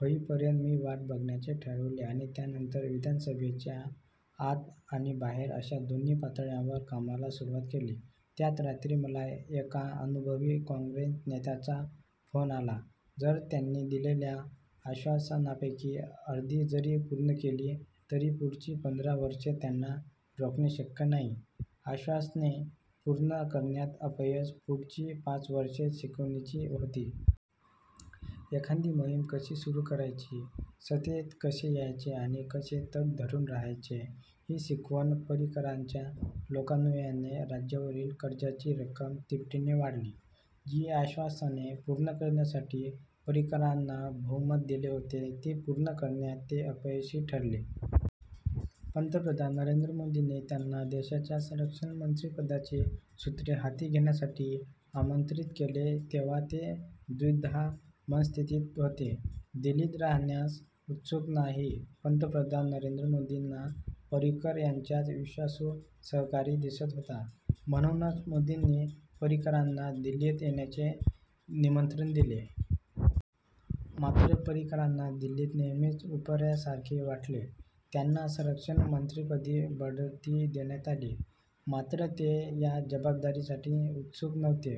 होईपर्यंत मी वाट बघण्याचे ठरवले आणि त्यानंतर विधानसभेच्या आत आणि बाहेर अशा दोन्ही पातळ्यांवर कामाला सुरुवात केली." त्याच रात्री मला एका अनुभवी काँग्रेस नेत्याचा फोन आला. "जर त्यांनी दिलेल्या आश्वासनांपैकी अर्धी जरी पूर्ण केली, तरी पुढची पंधरा वर्षे त्यांना रोखणे शक्य नाही," आश्वासने पूर्ण करण्यात अपयश पुढची पाच वर्षे शिकवणीची होती. एखादी मोहीम कशी सुरू करायची, सत्तेत कसे यायचे आणि कसे तग धरून राहायचे, ही शिकवण. पर्रिकरांच्या लोकानुनयाने राज्यावरील कर्जाची रक्कम तिपटीने वाढली. जी आश्वासने पूर्ण करण्यासाठी पर्रिकरांना बहुमत दिले होते ती पूर्ण करण्यात ते अपयशी ठरले. पंतप्रधान नरेंद्र मोदींनी त्यांना देशाच्या संरक्षण मंत्रिपदाची सूत्रे हाती घेण्यासाठी आमंत्रित केले तेव्हा ते द्विधा मनस्थितीत होते. दिल्लीत राहण्यास उत्सुक नाही पंतप्रधान नरेंद्र मोदींना पर्रिकर यांच्यात विश्वासू सहकारी दिसत होता. म्हणूनच मोदींनी पर्रिकरांना दिल्लीत येण्याचे निमंत्रण दिले. मात्र पर्रिकरांना दिल्लीत नेहमीच उपऱ्यासारखे वाटले. त्यांना संरक्षण मंत्रिपदी बढती देण्यात आली. मात्र ते या जबाबदारीसाठी उत्सुक नव्हते.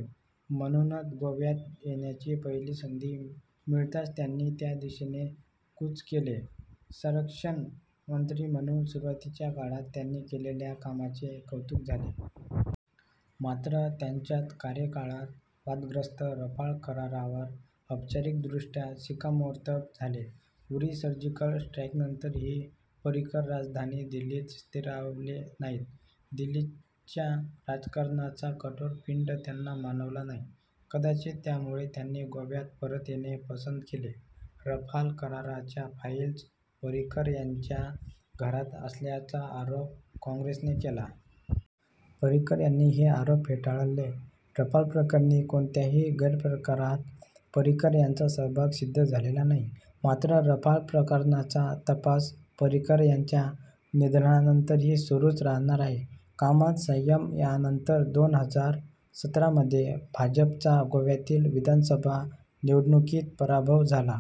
म्हणूनच गोव्यात येण्याची पहिली संधी मिळताच त्यांनी त्या दिशेने कूच केले. संरक्षण मंत्री म्हणून सुरुवातीच्या काळात त्यांनी केलेल्या कामाचे कौतुक झाले. मात्र त्यांच्याच कार्यकाळात वादग्रस्त रफाल करारावर औपचारिकदृष्ट्या शिक्कामोर्तब झाले. उरी सर्जिकल स्ट्राईकनंतरही पर्रिकर राजधानी दिल्लीत स्थिरावले नाहीत. दिल्लीच्या राजकारणाचा कठोर पिंड त्यांना मानवला नाही. कदाचित त्यामुळे त्यांनी गोव्यात परत येणे पसंत केले. रफाल कराराच्या फाईल्स पर्रिकर यांच्या घरात असल्याचा आरोप काँग्रेसने केला. पर्रिकर यांनी हे आरोप फेटाळले. रफालप्रकरणी कोणत्याही गैरप्रकारात पर्रिकर यांचा सहभाग सिद्ध झालेला नाही. मात्र रफाल प्रकरणाचा तपास पर्रिकर यांच्या निधनानंतरही सुरूच राहणार आहे. कामात संयम यानंतर दोन हजार सतरामध्ये भाजपचा गोव्यातील विधानसभा निवडणुकीत पराभव झाला.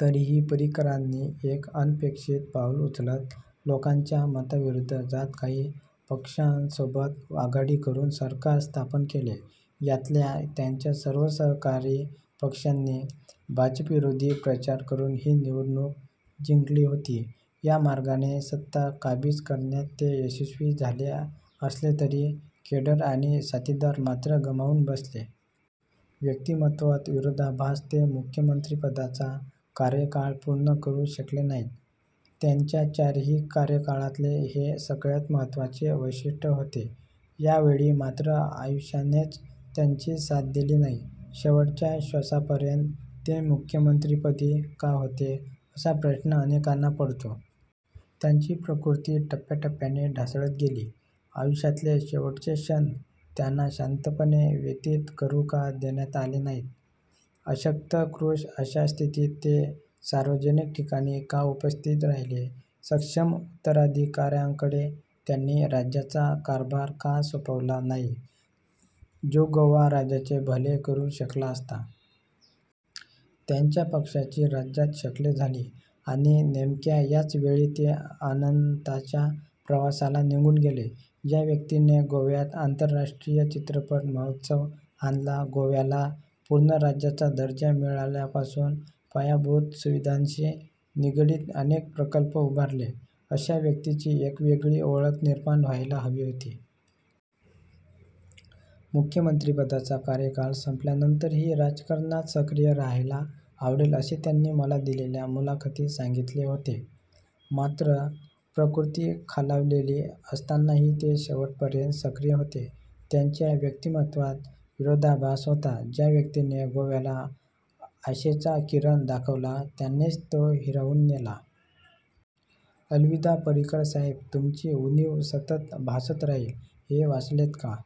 तरीही पर्रिकरांनी एक अनपेक्षित पाऊल उचलत लोकांच्या मताविरुद्ध जात काही पक्षांसोबत आघाडी करून सरकार स्थापन केले. यातल्या त्यांच्या सर्व सहकारी पक्षांनी भाजपविरोधी प्रचार करून ही निवडणूक जिंकली होती. या मार्गाने सत्ता काबीज करण्यात ते यशस्वी झाले असले तरी केडर आणि साथीदार मात्र गमावून बसले. व्यक्तिमत्त्वात विरोधाभास ते मुख्यमंत्रिपदाचा कार्यकाळ पूर्ण करू शकले नाहीत. त्यांच्या चारही कार्यकाळातले हे सगळ्यात महत्त्वाचे वैशिष्ट्य होते. यावेळी मात्र आयुष्यानेच त्यांची साथ दिली नाही. शेवटच्या श्वासापर्यंत ते मुख्यमंत्रीपदी का होते? असा प्रश्न अनेकांना पडतो. त्यांची प्रकृती टप्प्याटप्प्याने ढासळत गेली. आयुष्यातले शेवटचे क्षण त्यांना शांतपणे व्यतीत करू का देण्यात आले नाहीत? अशक्त, कृश अशा स्थितीत ते सार्वजनिक ठिकाणी का उपस्थित राहिले? सक्षम उत्तराधिकाऱ्याकडे त्यांनी राज्याचा कारभार का सोपवला नाही, जो गोवा राज्याचे भले करू शकला असता. त्यांच्या पक्षाची राज्यात शकले झाली आणि नेमक्या याच वेळी ते अनंताच्या प्रवासाला निघून गेले. ज्या व्यक्तीने गोव्यात आंतरराष्ट्रीय चित्रपट महोत्सव आणला, गोव्याला पूर्ण राज्याचा दर्जा मिळाल्यापासून पायाभूत सुविधांशी निगडित अनेक प्रकल्प उभारले, अशा व्यक्तीची एक वेगळी ओळख निर्माण व्हायला हवी होती. मुख्यमंत्री पदाचा कार्यकाळ संपल्यानंतरही राजकारणात सक्रिय राहायला आवडेल असे त्यांनी मला दिलेल्या मुलाखतीत सांगितले होते. मात्र प्रकृती खालावलेली असतानाही ते शेवटपर्यंत सक्रिय होते. त्यांच्या व्यक्तिमत्त्वात विरोधाभास होता. ज्या व्यक्तीने गोव्याला आशेचा किरण दाखवला, त्यानेच तो हिरावून नेला. अलविदा पर्रिकर साहेब, तुमची उणीव सतत भासत राहील. हे वाचलेत का?